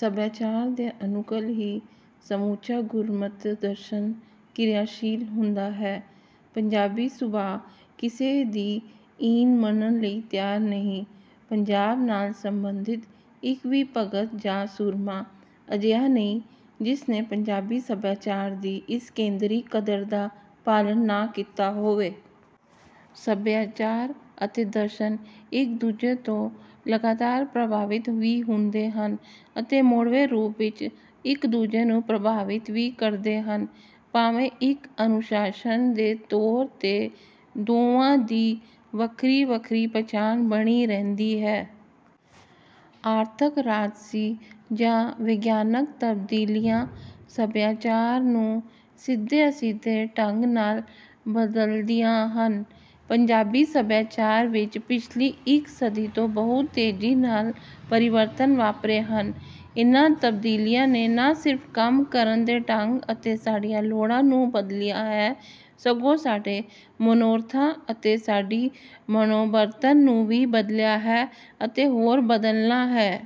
ਸੱਭਿਆਚਾਰ ਦੇ ਅਨੁਕੂਲ ਹੀ ਸਮੁੱਚਾ ਗੁਰਮਤਿ ਦਰਸ਼ਨ ਕਿਰਿਆਸ਼ੀਲ ਹੁੰਦਾ ਹੈ। ਪੰਜਾਬੀ ਸੁਭਾਅ ਕਿਸੇ ਦੀ ਈਨ ਮੰਨਣ ਲਈ ਤਿਆਰ ਨਹੀਂ। ਪੰਜਾਬ ਨਾਲ ਸੰਬੰਧਿਤ ਇੱਕ ਵੀ ਭਗਤ ਜਾਂ ਸੂਰਮਾ ਅਜਿਹਾ ਨਹੀਂ ਜਿਸ ਨੇ ਪੰਜਾਬੀ ਸੱਭਿਆਚਾਰ ਦੀ ਇਸ ਕੇਂਦਰੀ ਕਦਰ ਦਾ ਪਾਲਣ ਨਾ ਕੀਤਾ ਹੋਵੇ। ਸੱਭਿਆਚਾਰ ਅਤੇ ਦਰਸ਼ਨ ਇੱਕ-ਦੂਜੇ ਤੋਂ ਲਗਾਤਾਰ ਪ੍ਰਭਾਵਿਤ ਵੀ ਹੁੰਦੇ ਹਨ ਅਤੇ ਮੋੜਵੇਂ ਰੂਪ ਵਿੱਚ ਇੱਕ-ਦੂਜੇ ਨੂੰ ਪ੍ਰਭਾਵਿਤ ਵੀ ਕਰਦੇ ਹਨ, ਭਾਵੇਂ ਇੱਕ ਅਨੁਸ਼ਾਸਨ ਦੇ ਤੌਰ 'ਤੇ ਦੋਵਾਂ ਦੀ ਵੱਖਰੀ-ਵੱਖਰੀ ਪਛਾਣ ਬਣੀ ਰਹਿੰਦੀ ਹੈ। ਆਰਥਕ, ਰਾਜਸੀ ਜਾਂ ਵਿਗਿਆਨਕ ਤਬਦੀਲੀਆਂ ਸੱਭਿਆਚਾਰ ਨੂੰ ਸਿੱਧੇ-ਅਸਿੱਧੇ ਢੰਗ ਨਾਲ ਬਦਲਦੀਆਂ ਹਨ। ਪੰਜਾਬੀ ਸੱਭਿਆਚਾਰ ਵਿੱਚ ਪਿਛਲੀ ਇੱਕ ਸਦੀ ਤੋਂ ਬਹੁਤ ਤੇਜ਼ੀ ਨਾਲ ਪਰਿਵਰਤਨ ਵਾਪਰੇ ਹਨ। ਇਹਨਾਂ ਤਬਦੀਲੀਆਂ ਨੇ ਨਾ ਸਿਰਫ਼ ਕੰਮ ਕਰਨ ਦੇ ਢੰਗ ਅਤੇ ਸਾਡੀਆਂ ਲੋੜਾਂ ਨੂੰ ਬਦਲਿਆ ਹੈ, ਸਗੋਂ ਸਾਡੇ ਮਨੋਰਥਾਂ ਅਤੇ ਸਾਡੀ ਮਨੋਬਣਤਰ ਨੂੰ ਵੀ ਬਦਲਿਆ ਹੈ ਅਤੇ ਹੋਰ ਬਦਲਣਾ ਹੈ।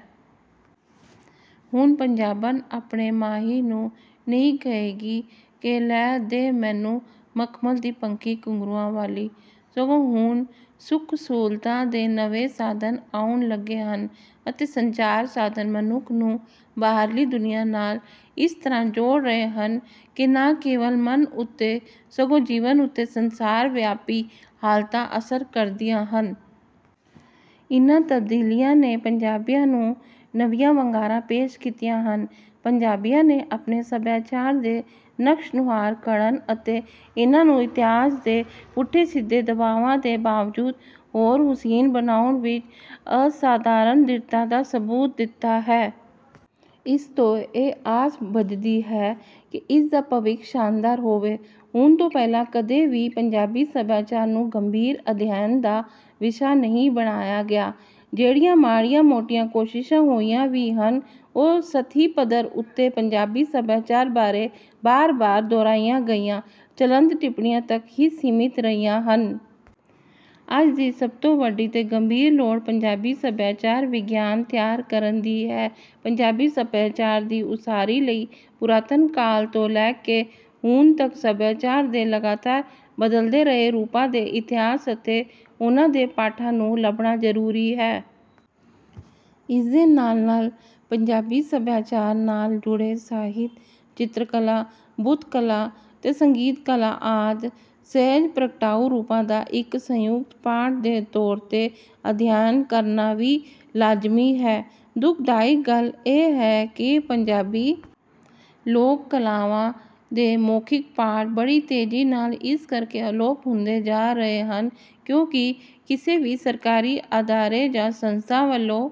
ਹੁਣ ਪੰਜਾਬਣ ਆਪਣੇ ਮਾਹੀ ਨੂੰ ਨਹੀਂ ਕਹੇਗੀ ਕਿ, "ਲੈ ਦੇ ਮੈਨੂੰ ਮਖਮਲ ਦੀ ਪੱਖੀ ਘੁੰਗਰੂਆਂ ਵਾਲੀ।" ਸਗੋਂ ਹੁਣ ਸੁਖ-ਸਹੂਲਤਾਂ ਦੇ ਨਵੇਂ ਸਾਧਨ ਆਉਣ ਲੱਗੇ ਹਨ ਅਤੇ ਸੰਚਾਰ ਸਾਧਨ ਮਨੁੱਖ ਨੂੰ ਬਾਹਰਲੀ ਦੁਨੀਆ ਨਾਲ ਇਸ ਤਰ੍ਹਾਂ ਜੋੜ ਰਹੇ ਹਨ ਕਿ ਨਾ ਕੇਵਲ ਮਨ ਉੱਤੇ, ਸਗੋਂ ਜੀਵਨ ਉੱਤੇ ਸੰਸਾਰ-ਵਿਆਪੀ ਹਾਲਤਾਂ ਅਸਰ ਕਰਦੀਆਂ ਹਨ। ਇਹਨਾਂ ਤਬਦੀਲੀਆਂ ਨੇ ਪੰਜਾਬੀਆਂ ਨੂੰ ਨਵੀਆਂ ਵੰਗਾਰਾਂ ਪੇਸ਼ ਕੀਤੀਆਂ ਹਨ। ਪੰਜਾਬੀਆਂ ਨੇ ਆਪਣੇ ਸੱਭਿਆਚਾਰ ਦੇ ਨਕਸ਼-ਨੁਹਾਰ ਘੜਨ ਅਤੇ ਇਹਨਾਂ ਨੂੰ ਇਤਿਹਾਸ ਦੇ ਪੁੱਠੇ-ਸਿੱਧੇ ਦਬਾਵਾਂ ਦੇ ਬਾਵਜੂਦ ਹੋਰ ਹੁਸੀਨ ਬਣਾਉਣ ਵਿੱਚ ਅਸਾਧਾਰਨ ਦ੍ਰਿੜਤਾ ਦਾ ਸਬੂਤ ਦਿੱਤਾ ਹੈ। ਇਸ ਤੋਂ ਇਹ ਆਸ ਬੱਝਦੀ ਹੈ ਕਿ ਇਸ ਦਾ ਭਵਿੱਖ ਸ਼ਾਨਦਾਰ ਹੋਵੇ। ਹੁਣ ਤੋਂ ਪਹਿਲਾਂ ਕਦੇ ਵੀ ਪੰਜਾਬੀ ਸਭਿਆਚਾਰ ਨੂੰ ਗੰਭੀਰ ਅਧਿਐਨ ਦਾ ਵਿਸ਼ਾ ਨਹੀਂ ਬਣਾਇਆ ਗਿਆ। ਜਿਹੜੀਆਂ ਮਾੜੀਆਂ-ਮੋਟੀਆਂ ਕੋਸ਼ਿਸ਼ਾਂ ਹੋਈਆਂ ਵੀ ਹਨ, ਉਹ ਸਤਹੀ ਪੱਧਰ ਉੱਤੇ ਪੰਜਾਬੀ ਸਭਿਆਚਾਰ ਬਾਰੇ ਬਾਰ-ਬਾਰ ਦੁਹਰਾਈਆਂ ਗਈਆਂ ਚਲੰਤ ਟਿੱਪਣੀਆਂ ਤੱਕ ਹੀ ਸੀਮਿਤ ਰਹੀਆਂ ਹਨ। ਅੱਜ ਦੀ ਸਭ ਤੋਂ ਵੱਡੀ ਤੇ ਗੰਭੀਰ ਲੋੜ ਪੰਜਾਬੀ ਸਭਿਆਚਾਰ-ਵਿਗਿਆਨ ਤਿਆਰ ਕਰਨ ਦੀ ਹੈ। ਪੰਜਾਬੀ ਸਭਿਆਚਾਰ ਦੀ ਉਸਾਰੀ ਲਈ ਪੁਰਾਤਨ ਕਾਲ ਤੋਂ ਲੈ ਕੇ ਹੁਣ ਤੱਕ ਸਭਿਆਚਾਰ ਦੇ ਲਗਾਤਾਰ ਬਦਲਦੇ ਰਹੇ ਰੂਪਾਂ ਦੇ ਇਤਿਹਾਸ ਅਤੇ ਉਹਨਾਂ ਦੇ ਪਾਠਾਂ ਨੂੰ ਲੱਭਣਾ ਜ਼ਰੂਰੀ ਹੈ। ਇਸਦੇ ਨਾਲ-ਨਾਲ ਪੰਜਾਬੀ ਸਭਿਆਚਾਰ ਨਾਲ ਜੁੜੇ ਸਾਹਿਤ, ਚਿਤਰਕਲਾ, ਬੁੱਤਕਲਾ ਤੇ ਸੰਗੀਤ-ਕਲਾ ਆਦਿ ਸੁਹਜ ਪ੍ਰਗਟਾਊ ਰੂਪਾਂ ਦਾ ਇੱਕ ਸੰਯੁਕਤ ਪਾਠ ਦੇ ਤੌਰ 'ਤੇ ਅਧਿਐਨ ਕਰਨਾ ਵੀ ਲਾਜ਼ਮੀ ਹੈ। ਦੁਖਦਾਇਕ ਗੱਲ ਇਹ ਹੈ ਕਿ ਪੰਜਾਬੀ ਲੋਕ ਕਲਾਵਾਂ ਦੇ ਮੌਖਿਕ ਪਾਠ ਬੜੀ ਤੇਜ਼ੀ ਨਾਲ ਇਸ ਕਰਕੇ ਅਲੋਪ ਹੁੰਦੇ ਜਾ ਰਹੇ ਹਨ, ਕਿਉਂਕਿ ਕਿਸੇ ਵੀ ਸਰਕਾਰੀ ਅਦਾਰੇ ਜਾਂ ਸੰਸਥਾ ਵੱਲੋਂ